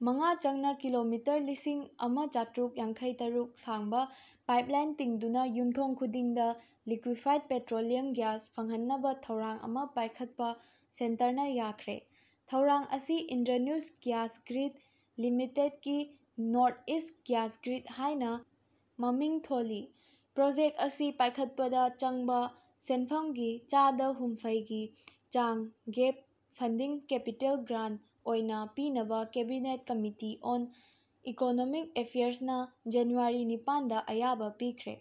ꯃꯉꯥ ꯆꯪꯅ ꯀꯤꯂꯣꯃꯤꯇꯔ ꯂꯤꯁꯤꯡ ꯑꯃꯥ ꯆꯥꯇ꯭ꯔꯨꯛ ꯌꯥꯡꯈꯩ ꯇꯔꯨꯛ ꯁꯥꯡꯕ ꯄꯥꯏꯞꯂꯥꯏꯟ ꯇꯤꯡꯗꯨꯅ ꯌꯨꯝꯊꯣꯡ ꯈꯨꯗꯤꯡꯗ ꯂꯤꯀ꯭ꯋꯤꯐꯥꯢꯗ ꯄꯦꯇ꯭ꯔꯣꯂꯤꯌꯝ ꯒꯤꯌꯥꯁ ꯐꯪꯍꯟꯅꯕ ꯊꯧꯔꯥꯡ ꯑꯃ ꯄꯥꯏꯈꯠꯄ ꯁꯦꯟꯇꯔꯅ ꯌꯥꯈ꯭ꯔꯦ꯫ ꯊꯧꯔꯥꯡ ꯑꯁꯤ ꯏꯟꯗ꯭ꯔꯅꯨꯁ ꯒ꯭ꯌꯥꯁ ꯒ꯭ꯔꯤꯗ ꯂꯤꯃꯤꯇꯦꯗꯀꯤ ꯅꯣꯔꯊ ꯏꯁꯠ ꯒ꯭ꯌꯥꯁ ꯒ꯭ꯔꯤꯗ ꯍꯥꯏꯅ ꯃꯃꯤꯡ ꯊꯣꯜꯂꯤ꯫ ꯄ꯭ꯔꯣꯖꯦꯛꯠ ꯑꯁꯤ ꯄꯥꯏꯈꯠꯄꯗ ꯆꯪꯕ ꯁꯦꯟꯐꯝꯒꯤ ꯆꯥꯗ ꯍꯨꯝꯐꯩ ꯒꯤ ꯆꯥꯡ ꯒꯦꯞ ꯐꯟꯗꯤꯡ ꯀꯦꯄꯤꯇꯦꯜ ꯒ꯭ꯔꯥꯟ ꯑꯣꯏꯅ ꯄꯤꯅꯕ ꯀꯦꯕꯤꯅꯦꯠ ꯀꯝꯃꯤꯇꯤ ꯑꯣꯟ ꯏꯀꯣꯅꯣꯃꯤꯛ ꯑꯦꯐꯤꯌꯥꯔꯁꯅ ꯖꯥꯅꯨꯋꯥꯔꯤ ꯅꯤꯄꯥꯟꯗ ꯑꯌꯥꯕ ꯄꯤꯈ꯭ꯔꯦ꯫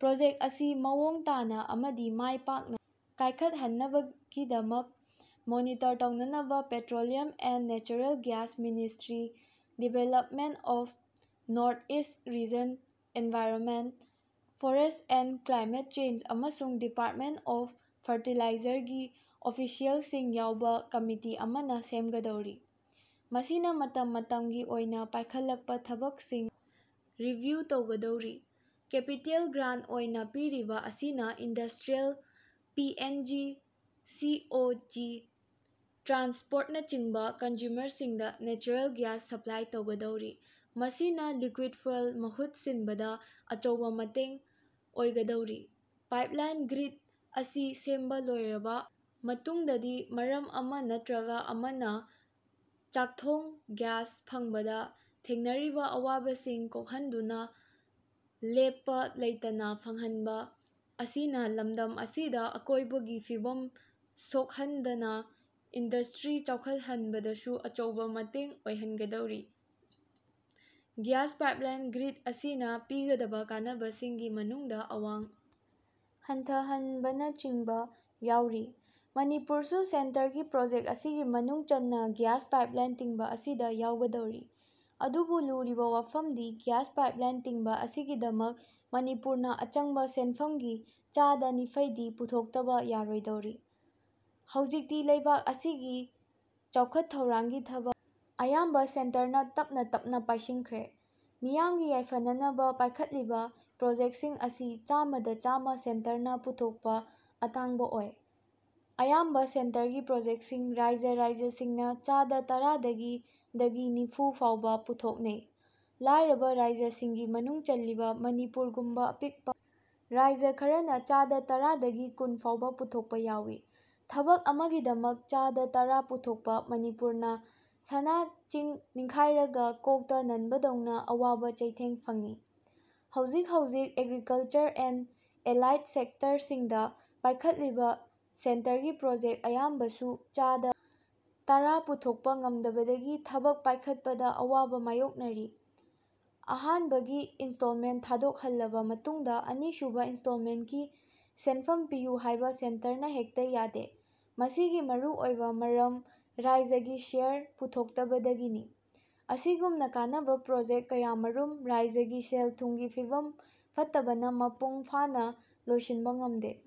ꯄ꯭ꯔꯣꯖꯦꯛꯠ ꯑꯁꯤ ꯃꯑꯣꯡ ꯇꯥꯅ ꯑꯃꯗꯤ ꯃꯥꯏ ꯄꯥꯛꯅ ꯀꯥꯏꯈꯠꯅꯕꯒꯤꯗꯃꯛ ꯃꯣꯅꯤꯇꯔ ꯇꯧꯅꯅꯕ petroleum and natural gas ministry, development of north east region environment, forest and climate change ꯑꯃꯁꯨꯡ ꯗꯤꯄꯥꯔꯠꯃꯦꯟꯠ ꯑꯣꯐ ꯐꯔꯇꯤꯂꯥꯏꯖꯔꯒꯤ ꯑꯣꯐꯤꯁꯤꯌꯦꯜꯁꯤꯡ ꯌꯥꯎꯕ ꯀꯝꯃꯤꯇꯤ ꯑꯃꯅ ꯁꯦꯝꯒꯗꯧꯔꯤ꯫ ꯃꯁꯤꯅ ꯃꯇꯝ ꯃꯇꯝꯒꯤ ꯑꯣꯏꯅ ꯄꯥꯏꯈꯠꯂꯛꯄ ꯊꯕꯛꯁꯤꯡ ꯔꯤꯚꯤꯌꯨ ꯇꯧꯒꯗꯧꯔꯤ꯫ ꯀꯦꯄꯤꯇꯦꯜ ꯒ꯭ꯔꯥꯟ ꯑꯣꯏꯅ ꯄꯤꯔꯤꯕ ꯑꯁꯤꯅ ꯏꯟꯗꯁ꯭ꯇ꯭ꯔꯤꯌꯦꯜ ꯄꯤ ꯑꯦꯟ ꯖꯤ, ꯁꯤ ꯑꯣ ꯖꯤ ꯇ꯭ꯔꯥꯟꯁꯄꯣꯔꯠꯅꯆꯤꯡꯕ ꯀꯟꯖꯨꯃꯔꯁꯤꯡꯗ ꯅꯦꯆꯔꯦꯜ ꯒ꯭ꯌꯥꯁ ꯁꯄ꯭ꯂꯥꯏ ꯇꯧꯒꯗꯧꯔꯤ꯫ ꯃꯁꯤꯅ ꯂꯤꯀ꯭ꯋꯨꯏꯗ ꯐꯣꯏꯜꯒꯤ ꯃꯍꯨꯠ ꯁꯤꯟꯕꯗ ꯑꯆꯧꯕ ꯃꯇꯦꯡ ꯑꯣꯏꯒꯗꯧꯔꯤ꯫ ꯄꯥꯏꯞꯂꯥꯏꯟ ꯒ꯭ꯔꯤꯗ ꯑꯁꯤ ꯁꯦꯝꯕ ꯂꯣꯏꯔꯕ ꯃꯇꯨꯡꯗꯗꯤ ꯃꯔꯝ ꯑꯃ ꯅꯠꯇ꯭ꯔꯒ ꯑꯃꯅ ꯆꯥꯛꯊꯣꯡ ꯒ꯭ꯌꯥꯁ ꯐꯪꯕꯗ ꯊꯦꯡꯅꯔꯤꯕ ꯑꯋꯥꯕꯁꯤꯡ ꯀꯣꯛꯍꯟꯗꯨꯅ ꯂꯦꯞꯄ ꯂꯩꯇꯅ ꯐꯪꯍꯟꯕ ꯑꯁꯤꯅ ꯂꯝꯗꯝ ꯑꯁꯤꯗ ꯑꯀꯣꯏꯕꯒꯤ ꯐꯤꯚꯝ ꯁꯣꯛꯍꯟꯗꯅ ꯏꯟꯗꯁꯇ꯭ꯔꯤ ꯆꯥꯎꯈꯠꯍꯟꯕꯗꯁꯨ ꯑꯆꯧꯕ ꯃꯇꯦꯡ ꯑꯣꯏꯍꯟꯒꯗꯧꯔꯤ꯫ ꯒ꯭ꯌꯥꯁ ꯄꯥꯏꯞꯂꯥꯏꯟ ꯒ꯭ꯔꯤꯗ ꯑꯁꯤꯅ ꯄꯤꯒꯗꯕ ꯀꯥꯟꯅꯕꯁꯤꯡꯒꯤ ꯃꯅꯨꯡꯗ ꯑꯋꯥꯡ ꯍꯟꯊꯍꯟꯕꯅꯆꯤꯡꯕ ꯌꯥꯎꯔꯤ꯫ ꯃꯅꯤꯄꯨꯔꯁꯨ ꯁꯦꯟꯇꯔꯒꯤ ꯄ꯭ꯔꯣꯖꯦꯛ ꯑꯁꯤꯒꯤ ꯃꯅꯨꯡ ꯆꯟꯅ ꯒ꯭ꯌꯥꯁ ꯄꯥꯏꯞꯂꯥꯏꯟ ꯇꯤꯡꯕ ꯑꯁꯤꯗ ꯌꯥꯎꯒꯗꯧꯔꯤ꯫ ꯑꯗꯨꯕꯨ ꯂꯨꯔꯤꯕ ꯋꯥꯐꯝꯗꯤ ꯒ꯭ꯌꯥꯁ ꯄꯥꯏꯞꯂꯥꯏꯟ ꯇꯤꯡꯕ ꯑꯁꯤꯒꯤꯗꯃꯛ ꯃꯅꯤꯄꯨꯔꯅ ꯑꯆꯪꯕ ꯁꯦꯟꯐꯝꯒꯤ ꯆꯥꯗ ꯅꯤꯐꯩꯗꯤ ꯄꯨꯊꯣꯛꯇꯕ ꯌꯥꯔꯣꯏꯗꯧꯔꯤ꯫ ꯍꯧꯖꯤꯛꯇꯤ ꯂꯩꯕꯥꯛ ꯑꯁꯤꯒꯤ ꯆꯥꯎꯈꯠ ꯊꯧꯔꯥꯡꯒꯤ ꯊꯕꯛ ꯑꯌꯥꯝꯕ ꯁꯦꯟꯇꯔꯅ ꯇꯞꯅ ꯇꯞꯅ ꯄꯥꯏꯁꯤꯟꯈ꯭ꯔꯦ꯫ ꯃꯤꯌꯥꯝꯒꯤ ꯌꯥꯏꯐꯅꯅꯕ ꯄꯥꯏꯈꯠꯂꯤꯕ ꯄ꯭ꯔꯣꯖꯦꯛꯁꯤꯡ ꯑꯁꯤ ꯆꯥꯃꯗ ꯆꯥꯝꯃ ꯁꯦꯟꯇꯔꯅ ꯄꯨꯊꯣꯛꯄ ꯑꯇꯥꯡꯕ ꯑꯣꯏ꯫ ꯑꯌꯥꯝꯕ ꯁꯦꯟꯇꯔꯒꯤ ꯄ꯭ꯔꯣꯖꯦꯛꯁꯤꯡ ꯔꯥꯢꯖ ꯔꯥꯢꯖꯁꯤꯡꯅ ꯆꯥꯗ ꯇꯔꯥꯗꯒꯤ ꯗꯒꯤ ꯅꯤꯐꯨ ꯐꯥꯎꯕ ꯄꯨꯊꯣꯛꯅꯩ꯫ ꯂꯥꯏꯔꯕ ꯔꯥꯢꯖꯁꯤꯡꯒꯤ ꯃꯅꯨꯡ ꯆꯜꯂꯤꯕ ꯃꯅꯤꯄꯨꯔꯒꯨꯝꯕ ꯑꯄꯤꯛꯄ ꯔꯥꯢꯖ ꯈꯔꯅ ꯆꯥꯗ ꯇꯔꯥ ꯗꯒꯤ ꯀꯨꯟ ꯐꯥꯎꯕ ꯄꯨꯊꯣꯛꯄ ꯌꯥꯎꯏ꯫ ꯊꯕꯛ ꯑꯃꯒꯤꯗꯃꯛ ꯆꯥꯗ ꯇꯔꯥ ꯄꯨꯊꯣꯛꯄꯗ ꯃꯅꯤꯄꯨꯔꯅ ꯁꯅꯆꯤꯡ ꯅꯤꯡꯈꯥꯏꯔꯒ ꯀꯣꯛꯇ ꯅꯟꯕꯗꯧꯅ ꯑꯋꯥꯕ ꯆꯩꯊꯦꯡ ꯐꯪꯏ꯫ ꯍꯧꯖꯤꯛ ꯍꯧꯖꯤꯛ ꯑꯦꯒ꯭ꯔꯤꯀꯜꯆꯔ ꯑꯦꯟꯗ ꯑꯦꯂꯥꯏꯗ ꯁꯦꯛꯇꯔꯁꯤꯡꯗ ꯄꯥꯏꯈꯠꯂꯤꯕ ꯁꯦꯟꯇꯔꯒꯤ ꯄ꯭ꯔꯣꯖꯦꯛ ꯑꯌꯥꯝꯕꯁꯨ ꯆꯥꯗ ꯇꯔꯥ ꯄꯨꯊꯣꯛꯄ ꯉꯝꯗꯕꯗꯒꯤ ꯊꯕꯛ ꯄꯥꯏꯈꯠꯄꯗ ꯑꯋꯥꯕ ꯃꯥꯌꯣꯛꯅꯔꯤ꯫ ꯑꯍꯥꯟꯕꯒꯤ ꯏꯟꯁꯇꯣꯜꯃꯦꯟ ꯊꯥꯗꯣꯛꯍꯜꯂꯕ ꯃꯇꯨꯡꯗ ꯑꯅꯤꯁꯨꯕ ꯏꯟꯁꯇꯣꯜꯃꯦꯟꯀꯤ ꯁꯦꯟꯐꯝ ꯄꯤꯌꯨ ꯍꯥꯏꯕ ꯁꯦꯟꯇꯔꯅ ꯍꯦꯛꯇ ꯌꯥꯗꯦ꯫ ꯃꯁꯤꯒꯤ ꯃꯔꯨꯑꯣꯏꯕ ꯃꯔꯝ ꯔꯥꯢꯖꯒꯤ ꯁꯦꯌꯔ ꯄꯨꯊꯣꯛꯇꯕꯗꯒꯤꯅꯤ꯫ ꯑꯁꯤꯒꯨꯝꯅ ꯀꯥꯟꯅꯕ ꯄ꯭ꯔꯣꯖꯦꯛ ꯀꯌꯥꯃꯔꯨꯝ ꯔꯥꯢꯖꯒꯤ ꯁꯦꯜ-ꯊꯨꯝꯒꯤ ꯐꯤꯚꯝ ꯐꯠꯇꯕꯅ ꯃꯄꯨꯡ ꯐꯥꯅ ꯂꯣꯏꯁꯤꯟꯕ ꯉꯝꯗꯦ꯫